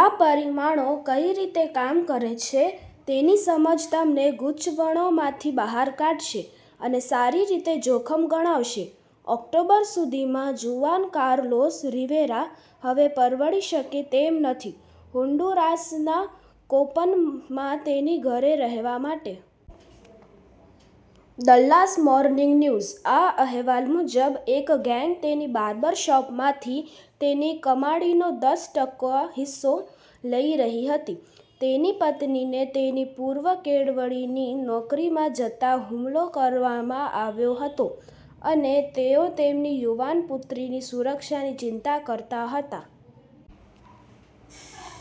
આ પરિમાણો કઈ રીતે કામ કરે છે તેની સમજ તમને ગૂંચવણોમાંથી બહાર કાઢશે અને સારી રીતે જોખમ ગણાવશે. ઓક્ટોબર સુધીમાં જુઆન કાર્લોસ રિવેરા હવે પરવડી શકે તેમ નથી હોન્ડુરાસના કોપનમાં તેના ઘરે રહેવા માટે. "ડલ્લાસ મોર્નિંગ ન્યૂઝ" ના અહેવાલ મુજબ, એક ગેંગ તેની બાર્બર શોપમાંથી તેની કમાણીનો દસ ટકા હિસ્સો લઈ રહી હતી. તેની પત્નીને તેની પૂર્વ-કેળવણીની નોકરીમાં જતાં હુમલો કરવામાં આવ્યો હતો. અને તેઓ તેમની યુવાન પુત્રીની સુરક્ષાની ચિંતા કરતા હતા.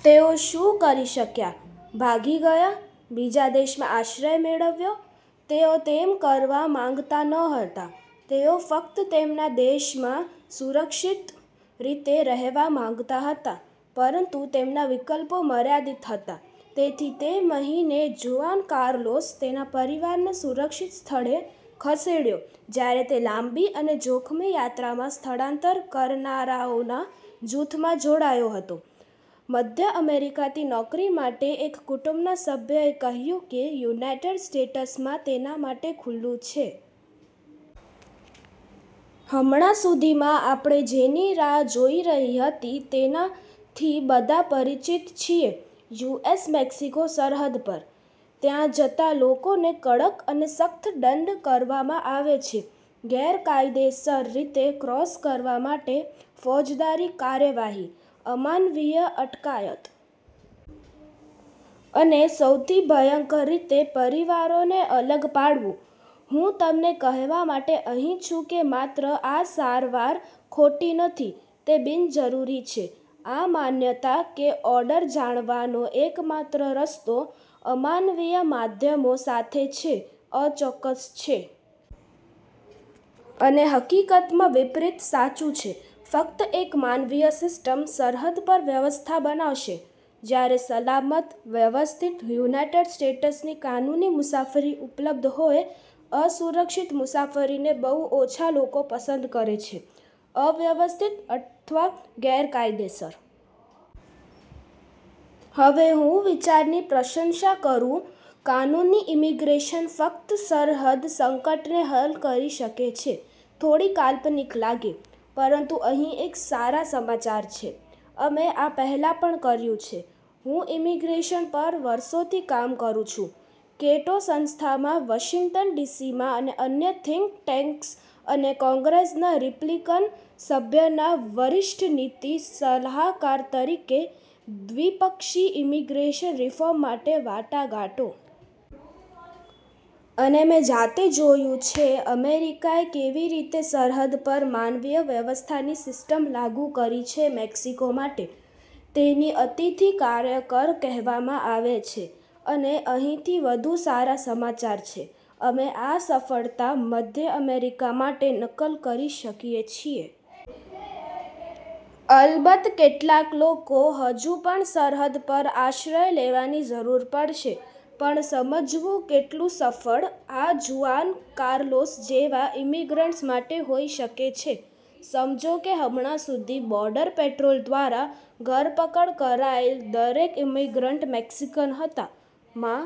તેઓ શું કરી શક્યા? ભાગી ગયા? બીજા દેશમાં આશ્રય મેળવયો? તેઓ તેમ કરવા માંગતા ન હતા. તેઓ ફક્ત તેમના દેશમાં સુરક્ષિત રીતે રહેવા। માંગતા હતા. પરંતુ તેમના વિકલ્પો મર્યાદિત હતા. તેથી તે મહિને, જુઆન કાર્લોસ તેના પરિવારને સુરક્ષિત સ્થળે ખસેડ્યો જ્યારે તે લાંબી અને જોખમી યાત્રામાં સ્થળાંતર કરનારાઓના જૂથમાં જોડાયો હતો મધ્ય અમેરિકાથી નોકરી માટે એક કુટુંબના સભ્યએ કહ્યું કે યુનાઇટેડ સ્ટેટ્સમાં તેના માટે ખુલ્લું છે. હમણાં સુધીમાં, આપણે જેની રાહ જોઇ રહી હતી તેનાથી બધા પરિચિત છીએ યુએસ-મેક્સિકો સરહદ પર. ત્યાં જતા લોકોને કડક અને સખત દંડ કરવામાં આવે છે. ગેરકાયદેસર રીતે ક્રોસ કરવા માટે ફોજદારી કાર્યવાહી. અમાનવીય અટકાયત. અને સૌથી ભયંકર રીતે, પરિવારોને અલગ પાડવું. હું તમને કહેવા માટે અહીં છું કે માત્ર આ સારવાર ખોટી નથી, તે બિનજરૂરી છે. આ માન્યતા કે ઓર્ડર જાળવવાનો એકમાત્ર રસ્તો અમાનવીય માધ્યમો સાથે છે અચોક્કસ છે. અને હકીકતમાં, વિપરીત સાચું છે. ફક્ત એક માનવીય સિસ્ટમ સરહદ પર વ્યવસ્થા બનાવશે. જ્યારે સલામત, વ્યવસ્થિત, યુનાઇટેડ સ્ટેટ્સની કાનૂની મુસાફરી ઉપલબ્ધ હોય, અસુરક્ષિત મુસાફરીને બહુ ઓછા લોકો પસંદ કરે છે, અવ્યવસ્થિત અથવા ગેરકાયદેસર. હવે, હું વિચારની પ્રશંસા કરું કાનૂની ઇમિગ્રેશન ફક્ત સરહદ સંકટને હલ કરી શકે છે થોડી કાલ્પનિક લાગે. પરંતુ અહીં એક સારા સમાચાર છે: અમે આ પહેલા પણ કર્યું છે. હું ઇમિગ્રેશન પર વર્ષોથી કામ કરું છું કેટો સંસ્થામાં વશિંગ્ટન ડીસીમાં અને અન્ય થિંક ટેન્ક્સ અને કોંગ્રેસના રિપબ્લિકન સભ્યના વરિષ્ઠ નીતિ સલાહકાર તરીકે, દ્વિપક્ષી ઇમિગ્રેશન રિફોર્મ માટે વાટાઘાટો. અને મેં જાતે જોયું છે અમેરિકાએ કેવી રીતે સરહદ પર માનવીય વ્યવસ્થાની સિસ્ટમ લાગુ કરી છે મેક્સિકો માટે. તેને અતિથિ કાર્યકર કહેવામાં આવે છે. અને અહીંથી વધુ સારા સમાચાર છે. અમે આ સફળતા મધ્ય અમેરિકા માટે નકલ કરી શકીએ છીએ. અલબત્ત, કેટલાક લોકો હજુ પણ સરહદ પર આશ્રય લેવાની જરૂર પડશે. પણ સમજવું કેટલું સફળ આ જુઆન કાર્લોસ જેવા ઇમિગ્રન્ટ્સ માટે હોઈ શકે છે, સમજો કે હમણાં સુધી, બોર્ડર પેટ્રોલ દ્વારા ધરપકડ કરાયેલ દરેક ઇમિગ્રન્ટ મેક્સીકન હતા. માં,